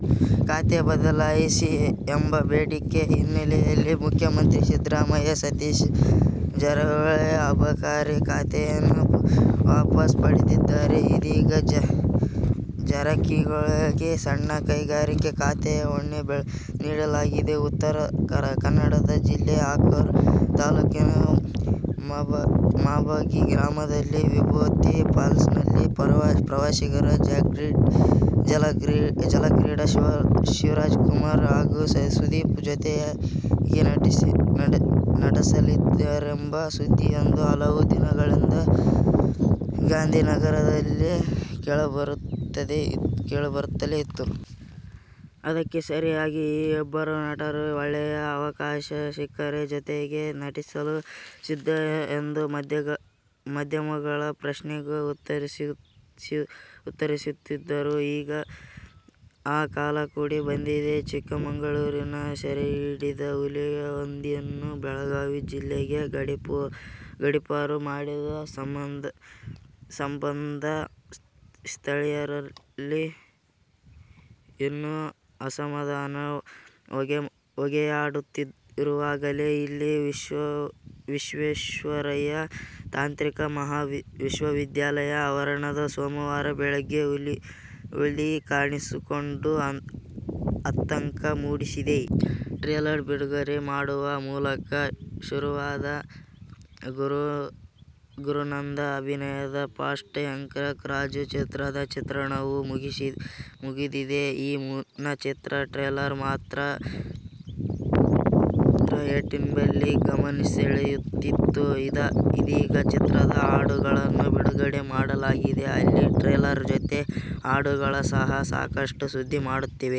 ಖಾತೆ ಬದಲಾಯಿಸಿ ಎಂಬ ಬೇಡಿಕೆ ಹಿನ್ನೆಲೆಯಲ್ಲಿ ಮುಖ್ಯಮಂತ್ರಿ ಸಿದ್ದರಾಮಯ್ಯ ಸತೀಶ್ ಜಾರಕಿಹೊಳಿಯ ಅಬಕಾರಿ ಖಾತೆಯನ್ನು ವಾಪಸ್ ಪಡೆದಿದ್ದಾರೆ. ಇದೀಗ ಜಾರಕಿಹೊಳಿಗೆ ಸಣ್ಣ ಕೈಗಾರಿಕಾ ಖಾತೆಯ ಹೊಣೆ ನೀಡಲಾಗಿದೆ. ಉತ್ತರ ಕನ್ನಡ ಜಿಲ್ಲೆ ಅಂಕೋಲಾ ತಾಲೂಕಿನ ಮಾಬಗಿ ಗ್ರಾಮದಲ್ಲಿರುವ "ವಿಭೂತಿ ಫಾಲ್ಸ್'ನಲ್ಲಿ ಪ್ರವಾಸಿಗರ ಜಲಕ್ರೀಡೆ. ಶಿವರಾಜಕುಮಾರ್ ಹಾಗೂ ಸುದೀಪ್ ಜೊತೆಯಾಗಿ ನಟಿಸಲಿದ್ದಾರೆಂಬ ಸುದ್ದಿಯೊಂದು ಹಲವು ದಿನಗಳಿಂದ ಗಾಂಧಿನಗರದಲ್ಲಿ ಕೇಳಿಬರುತ್ತಲೇ ಇತ್ತು. ಅದಕ್ಕೆ ಸರಿಯಾಗಿ ಈ ಇಬ್ಬರೂ ನಟರೂ ಒಳ್ಳೆಯ ಅವಕಾಶ ಸಿಕ್ಕರೆ ಜೊತೆಯಾಗಿ ನಟಿಸಲು ಸಿದ್ಧ ಎಂದು ಮಾಧ್ಯಮಗಳ ಪ್ರಶ್ನೆಗೂ ಉತ್ತರಿಸುತ್ತಿದ್ದರು. ಈಗ ಆ ಕಾಲ ಕೂಡಿ ಬಂದಂತಿದೆ. ಚಿಕ್ಕಮಗಳೂರಿನಲ್ಲಿ ಸೆರೆಹಿಡಿದ ಹುಲಿಯೊಂದನ್ನು ಬೆಳಗಾವಿ ಜಿಲ್ಲೆಗೆ ಗಡಿಪಾರು ಮಾಡಿದ ಸಂಬಂಧ ಸ್ಥಳೀಯರಲ್ಲಿ ಇನ್ನೂ ಅಸಮಾಧಾನ ಹೊಗೆಯಾಡುತ್ತಿರುವಾಗಲೇ ಇಲ್ಲಿಯ ವಿಶ್ವೇಶ್ವರಯ್ಯ ತಾಂತ್ರಿಕ ಮಹಾವಿದ್ಯಾಲಯದ ಆವರಣದಲ್ಲಿ ಸೋಮವಾರ ಬೆಳಗ್ಗೆ ಹುಲಿ ಕಾಣಿಸಿಕೊಂಡು ಆತಂಕ ಮೂಡಿಸಿದೆ. ಟ್ರೇಲರ್ ಬಿಡುಗಡೆ ಮಾಡುವ ಮೂಲಕ ಶುರುವಾದ ಗುರುನಂದನ್ ಅಭಿನಯದ "ಫಸ್ಟ್ ರ್ಯಾಂಕ್ ರಾಜು' ಚಿತ್ರದ ಚಿತ್ರೀಕರಣವು ಮುಗಿದಿದೆ. ಈ ಮುನ್ನ ಚಿತ್ರ ಟ್ರೇಲರ್ ಮಾತ್ರ ಯೂಟ್ಯೂಬ್ನಲ್ಲಿ ಗಮನಸೆಳೆಯುತಿತ್ತು. ಇದೀಗ ಚಿತ್ರದ ಹಾಡುಗಳನ್ನೂ ಬಿಡುಗಡೆ ಮಾಡಲಾಗಿದೆ. ಅಲ್ಲಿಗೆ ಟ್ರೇಲರ್ ಜೊತೆಗೆ ಹಾಡುಗಳು ಸಹ ಸಾಕಷ್ಟು ಸುದ್ದಿ ಮಾಡುತ್ತಿವೆ.